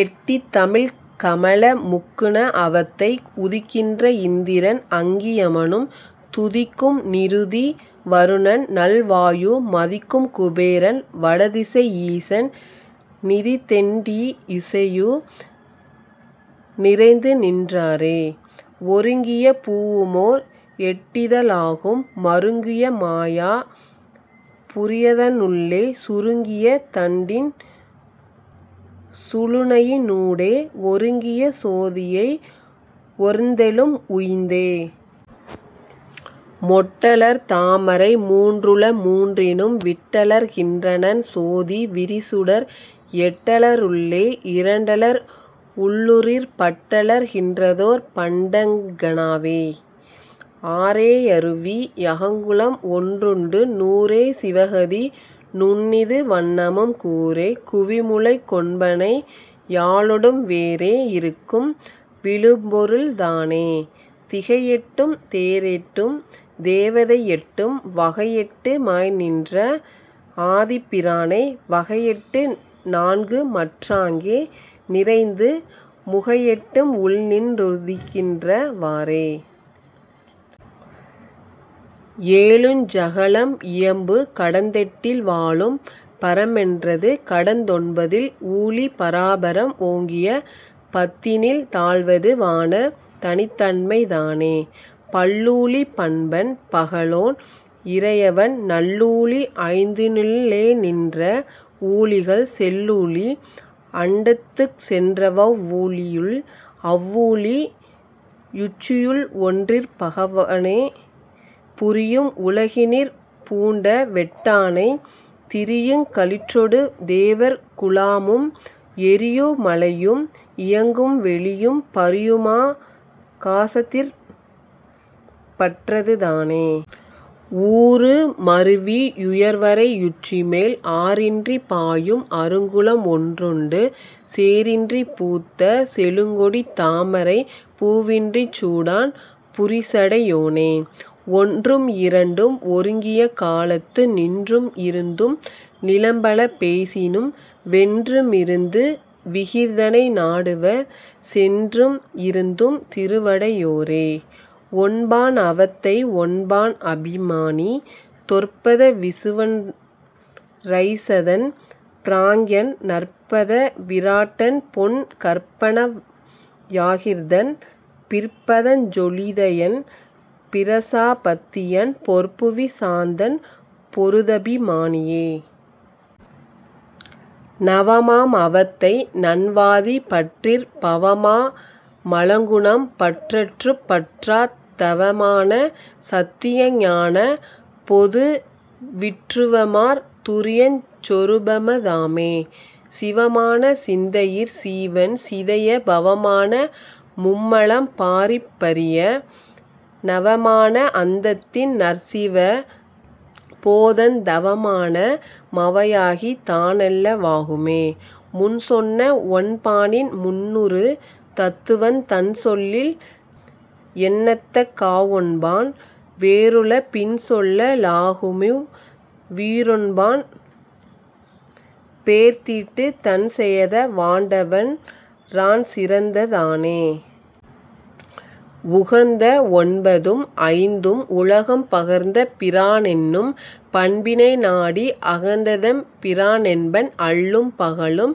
எட்டிதமிழ்க் கமல முக்குண அவத்தை உதிக்கின்ற இந்திரன் அங்கி யமனும் துதிக்கும் நிருதி வருணன்நல் வாயு மதிக்கும் குபேரன் வடதிசை யீசன் நிதித்தெண் டிசையு நிறைந்துநின் றாரே. ஒருங்கிய பூவுமோர் எட்டித ழாகும் மருங்கிய மாயா புரியத னுள்ளே சுருங்கிய தண்டின் சுழுனையி னூடே ஒருங்கிய சோதியை ஒர்ந்தெழும் உய்ந்தே. மொட்டலர் தாமரை மூன்றுள மூன்றினும் விட்டலர் கின்றனன் சோதி விரிசுடர் எட்டல ருள்ளே இரண்டலர் உள்ளுறிற் பட்டலர் கின்றதோர் பண்டங் கனாவே. ஆறே யருவி யகங்குளம் ஒன்றுண்டு நூறே சிவகதி நுண்ணிது வண்ணமும் கூறே குவிமுலைக் கொண்பனை யாளொடும் வேறே யிருக்கும் விழுபொருள் தானே. திகையெட்டும் தேரேட்டும் தேவதை எட்டும் வகையெட்டு மாய்நின்ற ஆதிப் பிரானை வகையெட்டு நான்குமற் றாங்கே நிறைந்து முகையெட்டும் உள்நின் றுதிக்கின்ற வாறே. ஏழுஞ் சகளம் இயம்பு கடந்தெட்டில் வாழும் பரமென் றதுகடந் தொன்பதில் ஊழி பராபரம் ஓங்கிய பத்தினில் தாழ்வது வான தனித்தன்மை தானே. பல்லூழி பண்பன் பகலோன் இறையவன் நல்லூழி ஐந்தினுள் ளேநின்ற வூழிகள் செல்லூழி அண்டத்துக் சென்றவவ் வூழியுள் அவ்வூழி யுச்சியு ள்ஒன்றிற் பகவனே புரியும் உலகினிற் பூண்டவெட் டானை திரியுங் களிற்றொடு தேவர் குழாமும் எரியு மழையும் இயங்கும் வெளியும் பரியுமா காசத்திற் பற்றது தானே. ஊறு மருவி யுயர்வரை யுச்சிமேல் ஆறின்றிப் பாயும் அருங்குளம் ஒன்றுண்டு சேறின்றிப் பூத்த செழுங்கொடித் தாமரைப் பூவின்றிச் சூடான் புரிசடை யோனே. ஒன்றும் இரண்டும் ஒருங்கிய காலத்து நின்றும் இருந்தும் நிலம்பல பேசினும் வென்று மிருந்து விகிர்தனை நாடுவர் சென்றும் இருந்தும் திருவடை யோரே.. ஒன்பான் அவத்தை ஒன்பான் அபிமானி தொற்பத விசுவன் றைசதன் பிராஞ்ஞன் நற்பத விராட்டன்பொன் கர்ப்பனவ் யாகிர்தன் பிற்பதஞ் சொலிதையன் பிரசா பத்தியன் பொற்புவி சாந்தன் பொருதபி மானியே. நவமாம் அவத்தை நன்வாதி பற்றிற் பவமா மலங்குணம் பற்றற்றுப் பற்றாத் தவமான சத்திய ஞானப் பொதுவிற் றுவமார் துரியஞ் சொருபம தாமே. சிவமான சிந்தையிற் சீவன் சிதைய பவமான மும்மலம் பாறிப் பறிய நவமான அந்தத்தின் நற்சிவ போதந் தவமான மவையாகித் தானல்ல வாகுமே. முன்சொன்ன வொன்பானின் முன்னுறு தத்துவந் தன்சொல்லில் எண்ணத்தகாவொன்பான் வேறுள பின்சொல்ல லாகுமிவ் வீரொன்பான் பேர்த்திட்டுத் தன்செயத வாண்டவன் றான்சிறந் தானே. உகந்த ஒன்பதும் ஐந்தும் உலகம் பகர்ந்த பிரானென்னும் பண்பினை நாடி அகந்தெம் பிரானென்பன் அல்லும் பகலும்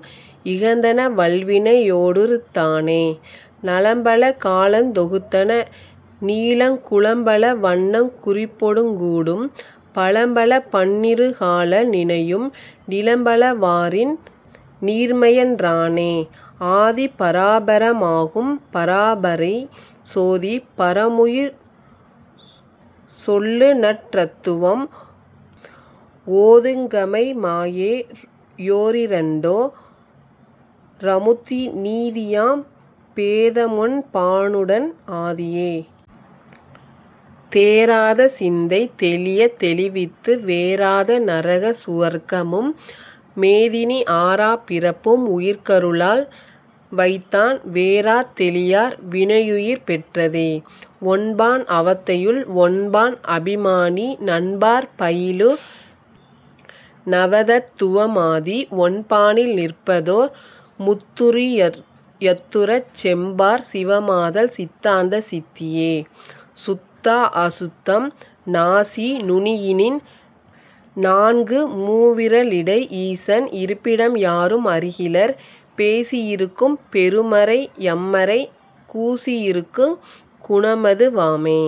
இகந்தன வல்வினை யோடறுத் தானே. நலம்பல காலந் தொகுத்தன நீளங் குலம்பல வண்ணங் குறிப்பொடுங் கூடும் பலம்பல பன்னிரு கால நினையும் நிலம்பல வாறின் நீர்மையன் றானே. ஆதி பராபர மாகும் பராபரை சோதி பரமுயிர் சொல்லுநற் றத்துவம் ஓதுங் கமைமாயே யோரிரண் டோ ரமுத்தி நீதியாம் பேதமொன் பானுடன் ஆதியே. தேராத சிந்தை தெளியத் தெளிவித்து வேறாத நரக சுவர்க்கமும் மேதினி ஆறாப் பிறப்பும் உயிர்க்கரு ளால்வைத்தான் வேறாத் தெளியார் வினையுயிர் பெற்றதே. ஒன்பான் அவத்தையுள் ஒன்பான் அபிமானி நன்பாற் பயிலு நவதத் துவமாதி ஒன்பானில் நிற்பதோர் முத்துரி யத்துறச் செம்பாற் சிவமாதல் சித்தாந்த சித்தியே.. சுத்தாஅசுத்தம் நாசி நுனியினின் நான்குமூ விரலிடை ஈசன் இருப்பிடம் யாரும் அறிகிலர் பேசி யிருக்கும் பெருமறை யம்மறை கூசி யிருக்குங் குணமது வாமே.